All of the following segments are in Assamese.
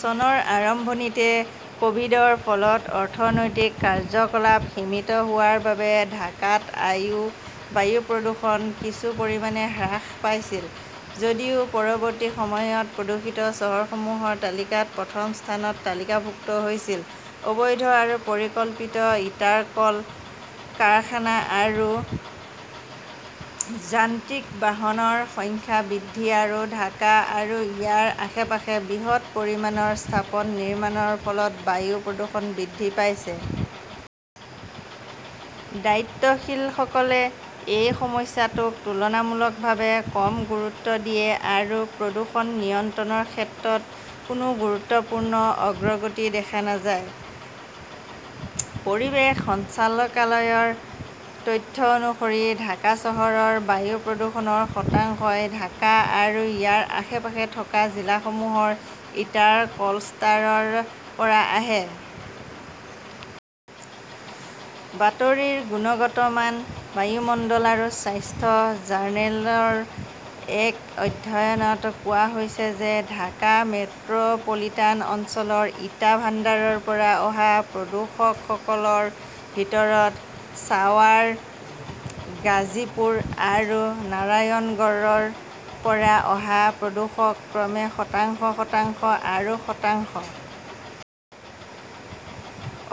চনৰ আৰম্ভণিতে ক "ভিড- ৰ ফলত অৰ্থনৈতিক কাৰ্যকলাপ সীমিত হোৱাৰ বাবে ঢাকাত বায়ু প্ৰদূষণ কিছু পৰিমাণে হ্ৰাস পাইছিল, যদিও পৰৱৰ্তী সময়ত প্ৰদূষিত চহৰসমূহৰ তালিকাত প্ৰথম স্থানত তালিকাভুক্ত হৈছিল। অবৈধ আৰু পৰিকল্পিত ইটাৰ কল, কাৰখানা আৰু যান্ত্ৰিক বাহনৰ সংখ্যা বৃদ্ধি আৰু ঢাকা আৰু ইয়াৰ আশে-পাশে বৃহৎ পৰিমাণৰ স্থাপন নিৰ্মাণৰ ফলত বায়ু প্ৰদূষণ বৃদ্ধি পাইছে। দায়িত্বশীলসকলে এই সমস্যাটোক তুলনামূলকভাৱে কম গুৰুত্ব দিয়ে আৰু প্ৰদূষণ নিয়ন্ত্ৰণৰ ক্ষেত্ৰত কোনো গুৰুত্বপূৰ্ণ অগ্ৰগতি দেখা নাযায়। পৰিৱেশ সঞ্চালকালয়ৰ তথ্য অনুসৰি, ঢাকা চহৰৰ বায়ু প্ৰদূষণৰ শতাংশই ঢাকা আৰু ইয়াৰ আশে-পাশে থকা জিলাসমূহৰ ইটাৰ কলষ্টাৰৰ পৰা আহে। বাতৰিৰ গুণগত মান, বায়ুমণ্ডল আৰু স্বাস্থ্য জাৰ্নেলৰ এক অধ্যয়নত কোৱা হৈছে যে ঢাকা মেট্ৰ 'পলিটান অঞ্চলৰ ইটা ভাণ্ডাৰৰ পৰা অহা প্ৰদূষকসকলৰ ভিতৰত ছাৱাৰ, গাজীপুৰ আৰু নাৰায়ণগড়ৰ পৰা অহা প্ৰদূষক ক্ৰমে শতাংশ, শতাংশ আৰু শতাংশ।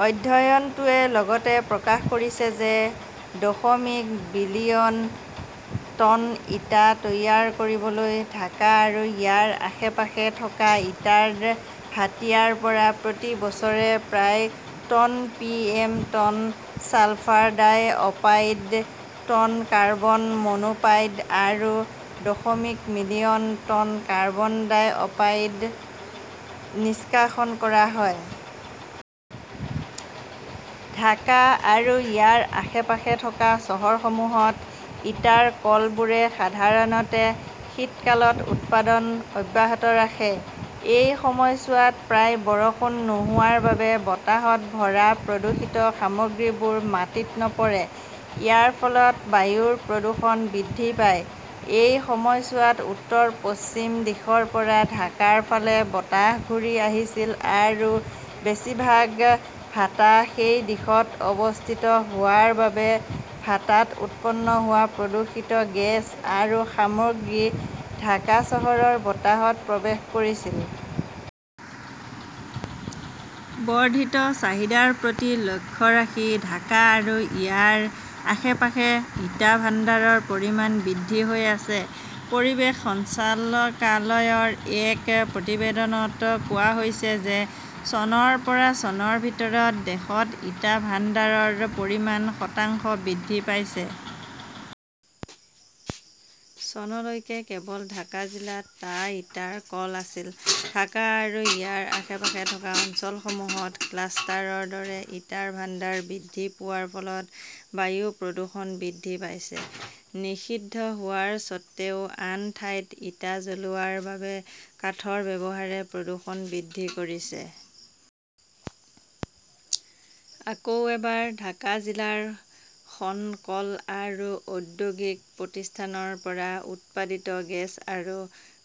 অধ্যয়নটোৱে লগতে প্ৰকাশ কৰিছে যে দশমিক বিলিয়ন টন ইটা তৈয়াৰ কৰিবলৈ ঢাকা আৰু ইয়াৰ আশে-পাশে থকা ইটাৰ ভাটিয়াৰ পৰা প্ৰতি বছৰে প্ৰায় ton PM. Ton sulphur dioxide, ton carbon monoxide আৰু দশমিক মিলিয়ন টন কাৰ্বন ডাই-অপাইড নিষ্কাশন কৰা হয়। ঢাকা আৰু ইয়াৰ আশে-পাশে থকা চহৰসমূহত ইটাৰ কলবোৰে সাধাৰণতে শীতকালত উৎপাদন অব্যাহত ৰাখে। এই সময়ছোৱাত প্ৰায় বৰষুণ নোহোৱাৰ বাবে বতাহত ভৰা প্ৰদূষিত সামগ্ৰীবোৰ মাটিত নপৰে। ইয়াৰ ফলত বায়ুৰ প্ৰদূষণ বৃদ্ধি পায়। এই সময়ছোৱাত উত্তৰ-পশ্চিম দিশৰ পৰা ঢাকাৰ ফালে বতাহ ঘূৰি আহিছিল আৰু বেছিভাগ ভাটা সেই দিশত অৱস্থিত হোৱাৰ বাবে ভাট্টাত উৎপন্ন হোৱা প্ৰদূষিত গেছ আৰু সামগ্ৰী ঢাকা চহৰৰ বতাহত প্ৰৱেশ কৰিছিল। বৰ্ধিত চাহিদাৰ প্ৰতি লক্ষ্য ৰাখি ঢাকা আৰু ইয়াৰ আশে-পাশে ইটা ভাণ্ডাৰৰ পৰিমাণ বৃদ্ধি হৈ আছে। পৰিৱেশ সঞ্চালকালয়ৰ এক প্ৰতিবেদনত কোৱা হৈছে যে চনৰ পৰা চনৰ ভিতৰত দেশত ইটা ভাণ্ডাৰৰ পৰিমাণ শতাংশ বৃদ্ধি পাইছে। চনলৈকে কেৱল ঢাকা জিলাত টা ইটাৰ কল আছিল। ঢাকা আৰু ইয়াৰ আশে-পাশে থকা অঞ্চলসমূহত ক্লাষ্টাৰৰ দৰে ইটাৰ ভাণ্ডাৰ বৃদ্ধি পোৱাৰ ফলত বায়ু প্ৰদূষণ বৃদ্ধি পাইছে। নিষিদ্ধ হোৱাৰ স্বত্ত্বেও আন ঠাইত ইটা জ্বলোৱাৰ বাবে কাঠৰ ব্যৱহাৰে প্ৰদূষণ বৃদ্ধি কৰিছে। আকৌ এবাৰ, ঢাকা জিলাৰ খন কল আৰু ঔদ্যোগিক প্ৰতিষ্ঠানৰ পৰা উৎপাদিত গেছ আৰু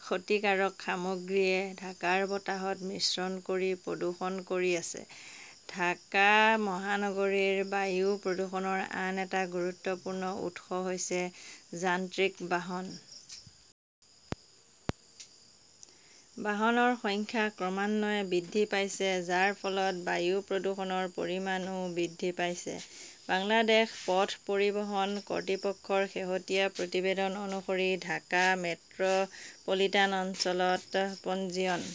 ক্ষতিকাৰক সামগ্ৰীয়ে ঢাকাৰ বতাহত মিশ্ৰণ কৰি প্ৰদূষণ কৰি আছে। ঢাকা মহানগৰীৰ বায়ু প্ৰদূষণৰ আন এটা গুৰুত্বপূৰ্ণ উৎস হৈছে যান্ত্ৰিক বাহন। বাহনৰ সংখ্যা ক্ৰমান্বয়ে বৃদ্ধি পাইছে, যাৰ ফলত বায়ু প্ৰদূষণৰ পৰিমাণও বৃদ্ধি পাইছে। বাংলাদেশ পথ পৰিবহণ কৰ্তৃপক্ষৰ শেহতীয়া প্ৰতিবেদন অনুসৰি ঢাকা মেট্ৰ 'পলিটান অঞ্চলত পঞ্জীয়ন